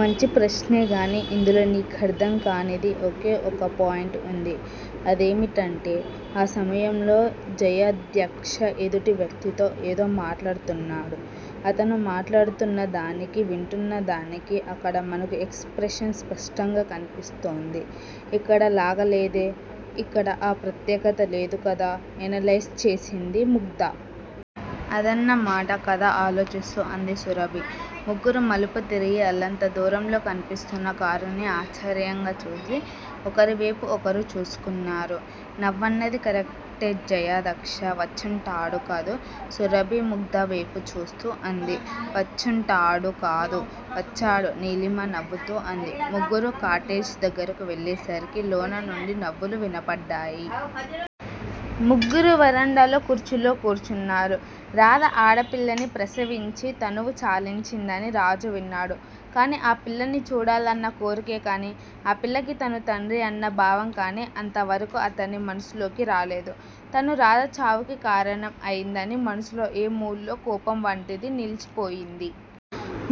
మంచి ప్రశ్నేగానీ ఇందులో నీకర్ధంకానిది ఒకే ఒక పాయింట్ వుంది. అదేమిటంటే ఆ సమయంలో జయాధ్యక్ష ఎదుటి వ్యక్తితో ఏదో మాట్లాడుతున్నాడు. అతను మాట్లాడుతున్నదానికి, వింటున్న దానికి అక్కడ మనకు ఎక్స్ ప్రెషన్ స్పష్టంగా కన్పిస్తోంది. ఇక్కడ లాగలేదే. ఇక్కడ ఆ ప్రత్యేకత లేదు కదా ఎనలైజ్ చేసింది ముగ్ధ. అదన్నమాట కధ ఆలోచిస్తూ అంది సురభి. ముగ్గురూ మలుపు తిరిగి, అల్లంత దూరంలో కన్పిస్తున్న కారుని ఆశ్చర్యంగా చూసి, ఒకరివేపు ఒకరు చూసుకున్నారు. నవ్వన్నది కరక్టే జయాధ్యక్ష వచ్చుంటాడు కదూ సురభి ముగ్ధవేపు చూస్తూ అంది. వచ్చుంటాడు కాదు. వచ్చాడు నీలిమ నవ్వుతూ అంది. ముగ్గురూ కాటేజ్ దగ్గరకు వెళ్ళేసరికి లోన నుండి నవ్వులు వినపడ్డాయి. ముగ్గురూ వరండాలో కుర్చీల్లో కూర్చున్నారు. రాధ ఆడపిల్లని ప్రసవించి తనువు చాలించిందని రాజు విన్నాడు. కాని ఆ పిల్లని చూడాలన్న కోర్కె కాని, ఆ పిల్లకి తను తండ్రి అన్న భావం కాని అంతవరకూ అతని మనసులోకి రాలేదు. తను రాధ చావుకి కారణం అయిందని మనసులో ఏ మూలో కోపం వంటిది నిలిచిపోయింది.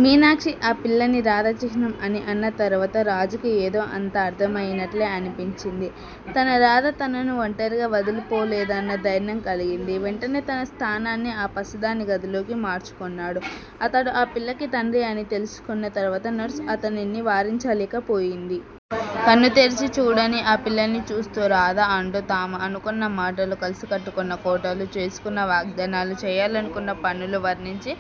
మీనాక్షి ఆ పిల్లని రాధ చిహ్నం అని అన్న తరవాత రాజుకి యేదో అంతా అర్ధమయినట్లే అనిపించింది. తన రాధ తనను ఒంటరిగా వదిలిపోలేదన్న ధైర్యం కలిగింది. వెంటనే తన స్థానాన్ని ఆ పసిదాని గదిలోకి మార్చుకొన్నాడు. అతడు ఆ పిల్లకి తండ్రి అని తెలుసుకొన్న తరవాత నర్సు అతనిని వారించలేక పోయింది. కన్ను తెరిచి చూడని ఆ పిల్లని చూస్తూ 'రాధా' అంటూ తాము అనుకొన్న మాటలు, కలిసి కట్టుకొన్న కోటలు, చేసుకొన్న వాగ్ధానాలు, చేయాలనుకొన్న పనులు వర్ణించి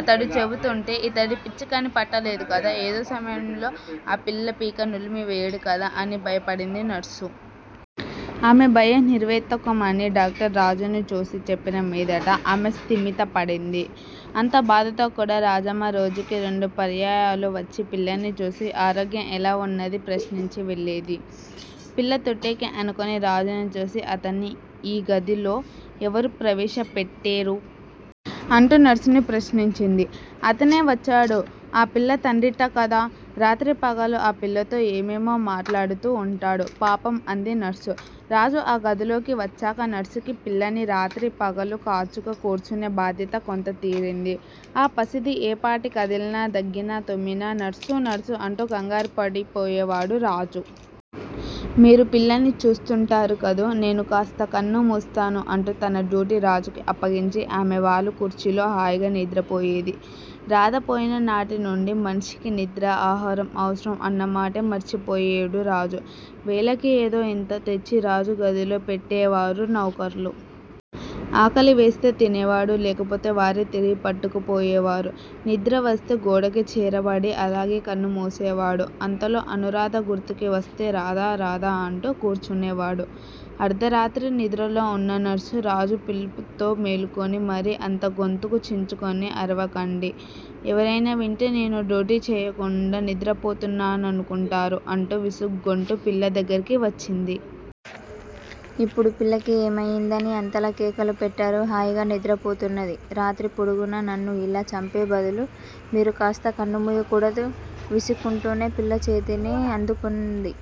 అతడు చెబుతూంటే 'ఇతడికి పిచ్చికాని పట్టలేదు కదా? ఏదో సమయంలో ఆ పిల్ల పీక నులిమివేయడు కదా? ' అని భయపడింది నర్సు. ఆమె భయం నిర్హేతుకమని డాక్టరు రాజుని చూసి చెప్పిన మీదట ఆమె స్థిమితపడింది. అంత బాధతో కూడా రాజమ్మ రోజుకి రెండు పర్యాయాలు వచ్చి పిల్లని చూసి, ఆరోగ్యం ఎలా ఉన్నదీ ప్రశ్నించి వెళ్ళేది. పిల్ల తొట్టెకి ఆనుకొని రాజుని చూసి అతన్ని ఈ గదిలో యెవరు ప్రవేశ పెట్టేరు? అంటూ నర్సుని ప్రశ్నించింది. అతనే వచ్చాడు. ఆ పిల్ల తండ్రిట కదా! రాత్రీ పగలూ ఆ పిల్లతో ఏమేమో మాట్లాడుతూ ఉంటాడు, పాపం అంది నర్సు. రాజు ఆ గదిలోకి వచ్చాక నర్సుకి పిల్లని రాత్రి, పగలు కాచుకు కూర్చునే బాధ్యత కొంత తీరింది. ఆ పసిది ఏపాటి కదిలినా, దగ్గినా, తుమ్మినా నర్సు నర్సు అంటూ కంగారుపడిపోయేవాడు రాజు. మీరు పిల్లని చూస్తూంటారు కదూ. నేను కాస్త కన్ను మూస్తాను అంటూ తన డ్యూటీ రాజుకి అప్పగించి ఆమె వాలు కుర్చీలో హాయిగా నిద్రపోయేది. రాధ పోయిననాటి నుండి మనిషికి నిద్రా, ఆహారం అవసరం అన్నమాటే మరిచిపోయేడు రాజు. వేళకి ఏదో ఇంత తెచ్చి రాజు గదిలో పెట్టెవారు నౌకర్లు. ఆకలివేస్తే తినేవాడు. లేకపోతే వారే తిరిగి పట్టుకుపోయేవారు. నిద్రవస్తే గోడకి చేరబడి అలాగే కన్ను మూసేవాడు. అంతలో అనూరాధ గుర్తుకి వస్తే రాధా, రాధా! అంటూ కూర్చునేవాడు. అర్దరాత్రి నిద్రలో ఉన్న నర్సు రాజు పిలుపుతో మేలుకొని, మరీ అంత గొంతుకు చించుకొని అరవకండి, ఎవరైనా వింటే నేను డ్యూటీ చెయ్యకుండా నిద్రపోతున్నాననుకొంటారు అంటూ విసుగుకొంటూ పిల్ల దగ్గరికి వచ్చింది. ఇప్పుడీ పిల్లకి ఏమయిందని అంతలా కేకలు పెట్టారు? హాయిగా నిద్రపోతున్నది. రాత్రి పొడుగునా నన్ను ఇలా చంపే బదులు మీరూ కాస్త కన్ను ముయ్యకూడదూ? విసుక్కొంటూనే పిల్ల చేతిని అందుకొంది.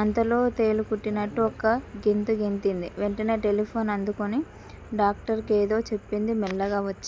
అంతలో తేలు కుట్టినట్లు ఒక్క గెంతు గెంతింది. వెంటనే టెలిఫోను అందుకొని డాక్టరు కేదో చెప్పింది. మెల్లగా వచ్చి